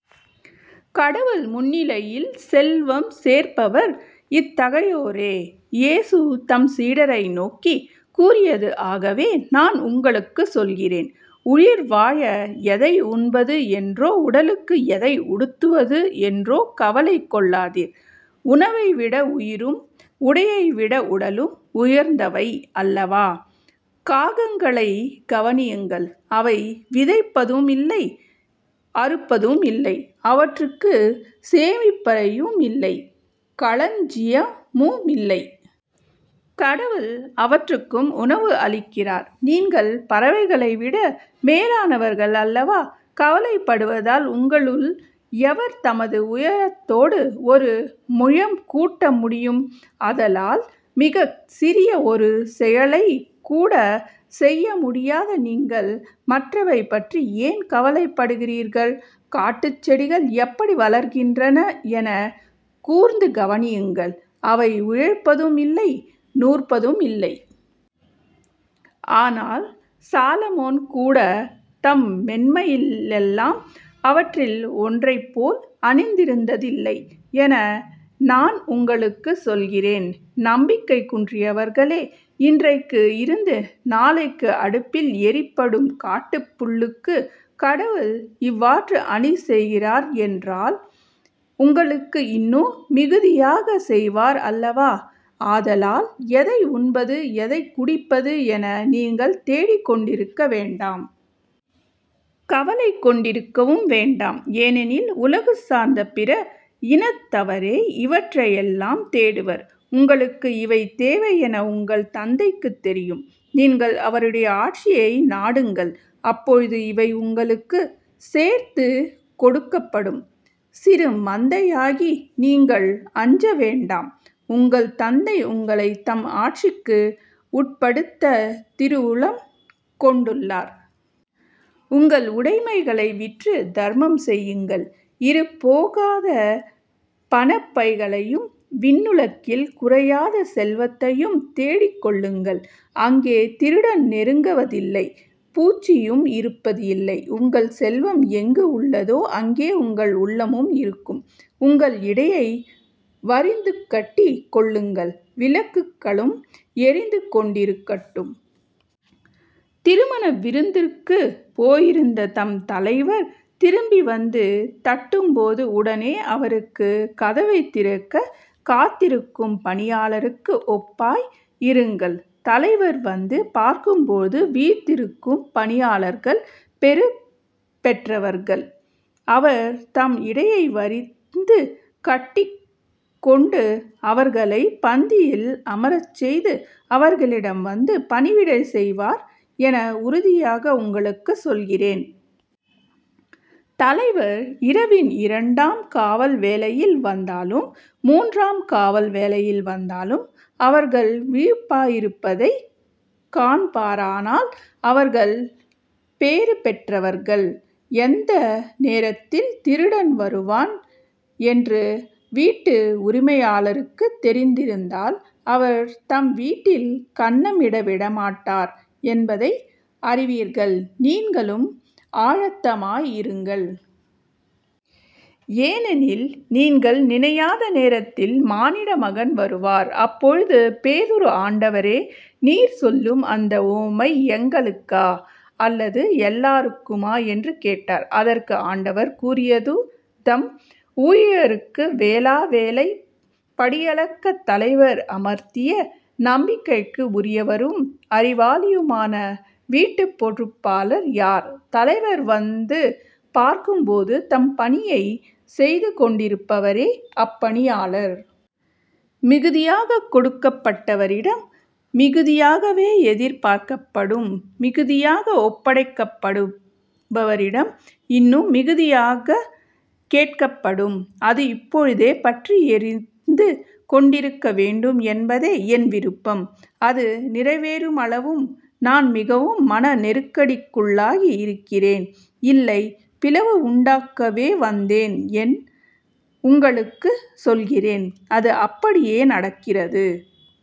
கடவுள் முன்னிலையில் செல்வம் சேர்ப்பவர் இத்தகையோரே. இயேசு தம் சீடரை நோக்கிக் கூறியது ஆகவே நான் உங்களுக்குச் சொல்கிறேன் உயிர்வாழ எதை உண்பது என்றோ உடலுக்கு எதை உடுத்துவது என்றோ கவலை கொள்ளாதீர். உணவைவிட உயிரும் உடையைவிட உடலும் உயர்ந்தவை அல்லவா? காகங்களைக் கவனியுங்கள் அவை விதைப்பதுமில்லை அறுப்பதுமில்லை அவற்றுக்குச் சேமிப்பறையுமில்லை களஞ்சியமுமில்லை. கடவுள் அவற்றுக்கும் உணவு அளிக்கிறார். நீங்கள் பறவைகளைவிட மேலானவர்கள் அல்லவா? கவலைப்படுவதால் உங்களுள் எவர் தமது உயரத்தோடு ஒரு முழம் கூட்ட முடியும்? ஆதலால் மிகச் சிறிய ஒரு செயலைக் கூடச் செய்யமுடியாத நீங்கள் மற்றவை பற்றி ஏன் கவலைப்படுகிறீர்கள்? காட்டுச் செடிகள் எப்படி வளர்கின்றன எனக் கூர்ந்து கவனியுங்கள் அவை உழைப்பதுமில்லை நூற்பதுமில்லை. ஆனால் சாலமோன்கூடத் தம் மென்மையிலெல்லாம் அவற்றில் ஒன்றைப்போல் அணிந்திருந்ததில்லை என நான் உங்களுக்குச் சொல்கிறேன். நம்பிக்கை குன்றியவர்களே இன்றைக்கு இருந்து நாளைக்கு அடுப்பில் எறிப்படும் காட்டுப் புல்லுக்குக் கடவுள் இவ்வாறு அணிசெய்கிறார் என்றால் உங்களுக்கு இன்னும் மிகுதியாகச் செய்வார் அல்லவா. ஆதலால் எதை உண்பது எதைக் குடிப்பது என நீங்கள் தேடிக்கொண்டிருக்க வேண்டாம். கவலை கொண்டிருக்கவும் வேண்டாம். ஏனெனில் உலகு சார்ந்த பிற இனத்தவரே இவற்றையெல்லாம் தேடுவர். உங்களுக்கு இவை தேவையென உங்கள் தந்தைக்குத் தெரியும். நீங்கள் அவருடைய ஆட்சியை நாடுங்கள் அப்பொழுது இவை உங்களுக்குச் சேர்த்துக் கொடுக்கப்படும். சிறு மந்தையாகி நீங்கள் அஞ்ச வேண்டாம் உங்கள் தந்தை உங்களைத் தம் ஆட்சிக்கு உட்படுத்தத் திருவுளம் கொண்டுள்ளார். உங்கள் உடைமைகளை விற்றுத் தர்மம் செய்யுங்கள் இறப்போகாத பணப்பைகளையும் விண்ணுலகில் குறையாத செல்வத்தையும் தேடிக் கொள்ளுங்கள் அங்கே திருடன் நெருங்குவதில்லை. பூச்சியும் இருப்பது இல்லை. உங்கள் செல்வம் எங்கு உள்ளதோ அங்கே உங்கள் உள்ளமும் இருக்கும். உங்கள் இடையை வரிந்துகட்டிக் கொள்ளுங்கள். விளக்குகளும் எரிந்து கொண்டிருக்கட்டும். திருமண விருந்துக்குப் போயிருந்த தம் தலைவர் திரும்பி வந்து தட்டும்போது உடனே அவருக்குக் கதவைத் திறக்கக் காத்திருக்கும் பணியாளருக்கு ஒப்பாய் இருங்கள். தலைவர் வந்து பார்க்கும்போது விழ்த்திருக்கும் பணியாளர்கள் பெறு பெற்றவர்கள். அவர் தம் இடையை வரிந்து கட்டிக்கொண்டு அவர்களைப் பந்தியில் அமரச் செய்து அவர்களிடம் வந்து பணிவிடை செய்வார் என உறுதியாக உங்களுக்குச் சொல்கிறேன். தலைவர் இரவின் இரண்டாம் காவல் வேளையில் வந்தாலும் மூன்றாம் காவல் வேளையில் வந்தாலும் அவர்கள் விழிப்பாயிருப்பதைக் காண்பாரானால் அவர்கள் பேறுபெற்றவர்கள். எந்த நேரத்தில் திருடன் வருவான் என்று வீட்டு உரிமையாளருக்குத் தெரிந்திருந்தால் அவர் தம் வீட்டில் கன்னமிட விடமாட்டார் என்பதை அறிவீர்கள். நீங்களும் ஆயத்தமாய் இருங்கள். ஏனெனில் நீங்கள் நினையாத நேரத்தில் மானிடமகன் வருவார். அப்பொழுது பேதுரு ஆண்டவரே நீர் சொல்லும் அந்த உவமை எங்களுக்கா? அல்லது எல்லாருக்குமா? என்று கேட்டார். அதற்கு ஆண்டவர் கூறியதுதம் ஊழியருக்கு வேளா வேளை படியளக்கத் தலைவர் அமர்த்திய நம்பிக்கைக்கு உரியவரும் அறிவாளியுமான வீட்டுப்பொறுப்பாளர் யார்? தலைவர் வந்து பார்க்கும் போது தம் பணியைச் செய்துகொண்டிருப்பவரே அப்பணியாளர். மிகுதியாகக் கொடுக்கப்பட்டவரிடம் மிகுதியாகவே எதிர்பார்க்கப்படும். மிகுதியாக ஒப்படைக்கப்படுபவரிடம் இன்னும் மிகுதியாகக் கேட்கப்படும். அது இப்பொழுதே பற்றி எரிந்து கொண்டிருக்க வேண்டும் என்பதே என் விருப்பம். அது நிறைவேறுமளவும் நான் மிகவும் மன நெருக்கடிக்குள்ளாகி இருக்கிறேன். இல்லை பிளவு உண்டாக்கவே வந்தேன் என் உங்களுக்குச் சொல்கிறேன். அது அப்படியே நடக்கிறது.